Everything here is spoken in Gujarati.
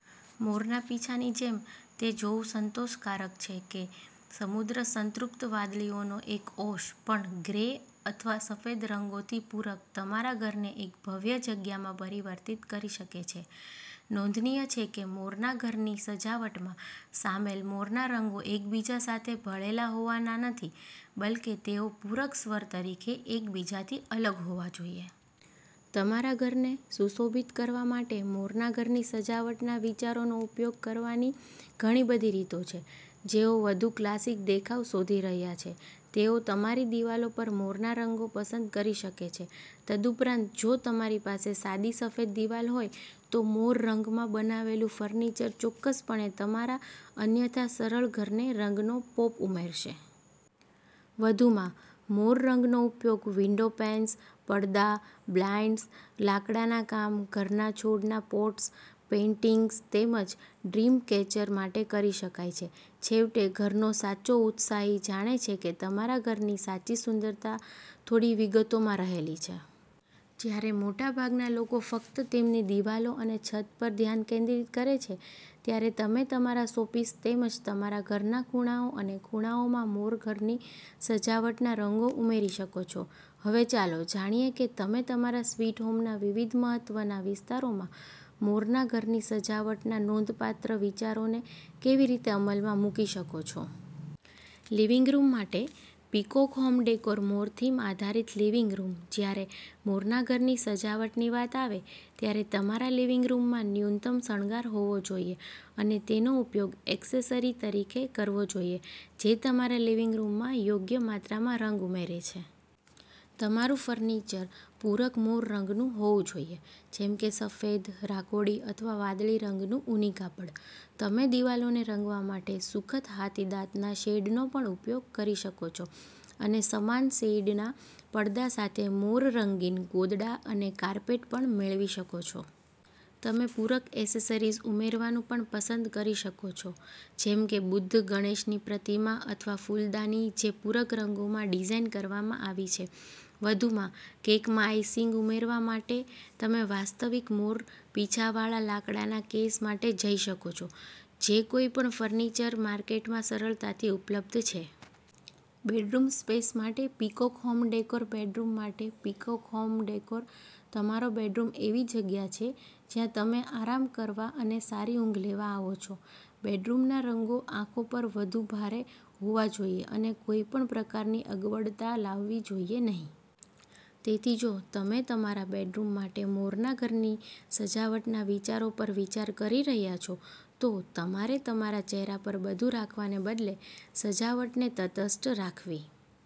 મોરના પીંછાની જેમ, તે જોવું સંતોષકારક છે કે સમૃદ્ધ સંતૃપ્ત વાદળીનો એક ઔંસ પણ, ગ્રે અથવા સફેદ રંગોથી પૂરક તમારા ઘરને એક ભવ્ય જગ્યામાં પરિવર્તિત કરી શકે છે. નોંધનીય છે કે મોરનાં ઘરની સજાવટમાં સામેલ મોરનાં રંગો એકબીજા સાથે ભળેલાં હોવાનાં નથી, બલ્કે, તેઓ પૂરક સ્વર તરીકે એકબીજાથી અલગ હોવા જોઈએ. તમારા ઘરને સુશોભિત કરવા માટે મોરના ઘરની સજાવટના વિચારોનો ઉપયોગ કરવાની ઘણી બધી રીતો છે. જેઓ વધુ ક્લાસિક દેખાવ શોધી રહ્યા છે, તેઓ તમારી દિવાલો પર મોરના રંગો પસંદ કરી શકે છે. તદુપરાંત, જો તમારી પાસે સાદી સફેદ દિવાલો હોય, તો મોર રંગમાં બનાવેલું ફર્નિચર ચોક્કસપણે તમારા અન્યથા સરળ ઘરને રંગનો પોપ ઉમેરશે. વધુમાં, મોર રંગનો ઉપયોગ વિન્ડોપેન્સ, પડદા, બ્લાઇંડ્સ, લાકડાના કામ, ઘરના છોડના પોટ્સ, પેઇન્ટિંગ્સ તેમજ ડ્રીમ કેચર માટે કરી શકાય છે. છેવટે, ઘરનો સાચો ઉત્સાહી જાણે છે કે તમારા ઘરની સાચી સુંદરતા થોડી વિગતોમાં રહેલી છે. જ્યારે મોટાભાગના લોકો ફક્ત તેમની દિવાલો અને છત પર ધ્યાન કેન્દ્રિત કરે છે, ત્યારે તમે તમારા શોપીસ તેમજ તમારા ઘરના ખૂણાઓ અને ખૂણાઓમાં મોર ઘરની સજાવટના રંગો ઉમેરી શકો છો. હવે, ચાલો જાણીએ કે તમે તમારા સ્વીટ હોમના વિવિધ મહત્વના વિસ્તારોમાં મોરનાં ઘરની સજાવટના નોંધપાત્ર વિચારોને કેવી રીતે અમલમાં મૂકી શકો છો. લિવિંગ રૂમ માટે પીકોક હોમ ડેકોર મોર થીમ આધારિત લિવિંગ રૂમ જ્યારે મોરના ઘરની સજાવટની વાત આવે ત્યારે તમારા લિવિંગ રૂમમાં ન્યૂનતમ શણગાર હોવો જોઈએ અને તેનો ઉપયોગ એક્સેસરી તરીકે કરવો જોઈએ જે તમારા લિવિંગ રૂમમાં યોગ્ય માત્રામાં રંગ ઉમેરે છે. તમારું ફર્નિચર પૂરક મોર રંગનું હોવું જોઈએ જેમ કે સફેદ, રાખોડી અથવા વાદળી રંગનું ઊની કાપડ. તમે દિવાલોને રંગવા માટે સુખદ હાથીદાંતના શેડનો પણ ઉપયોગ કરી શકો છો અને સમાન શેડના પડદા સાથે મોર-રંગીન ગોદડા અને કાર્પેટ પણ મેળવી શકો છો. તમે પૂરક એસેસરીઝ ઉમેરવાનું પણ પસંદ કરી શકો છો જેમ કે બુદ્ધ, ગણેશની પ્રતિમા અથવા ફૂલદાની જે પૂરક રંગોમાં ડિઝાઇન કરવામાં આવી છે. વધુમાં, કેકમાં આઈસિંગ ઉમેરવા માટે, તમે વાસ્તવિક મોર પીંછાવાળા લાકડાના કેસ માટે જઈ શકો છો, જે કોઈપણ ફર્નિચર માર્કેટમાં સરળતાથી ઉપલબ્ધ છે. બેડરૂમ સ્પેસ માટે પીકોક હોમ ડેકોર બેડરૂમ માટે પીકોક હોમ ડેકોર તમારો બેડરૂમ એવી જગ્યા છે જ્યાં તમે આરામ કરવા અને સારી ઊંઘ લેવા આવો છો. બેડરૂમના રંગો આંખો પર વધુ ભારે હોવા જોઈએ અને કોઈપણ પ્રકારની અગવડતા લાવવી જોઈએ નહીં. તેથી, જો તમે તમારા બેડરૂમ માટે મોરનાં ઘરની સજાવટનાં વિચારો પર વિચાર કરી રહ્યાં છો, તો તમારે તમારા ચહેરા પર બધું રાખવાને બદલે સજાવટને તટસ્થ રાખવી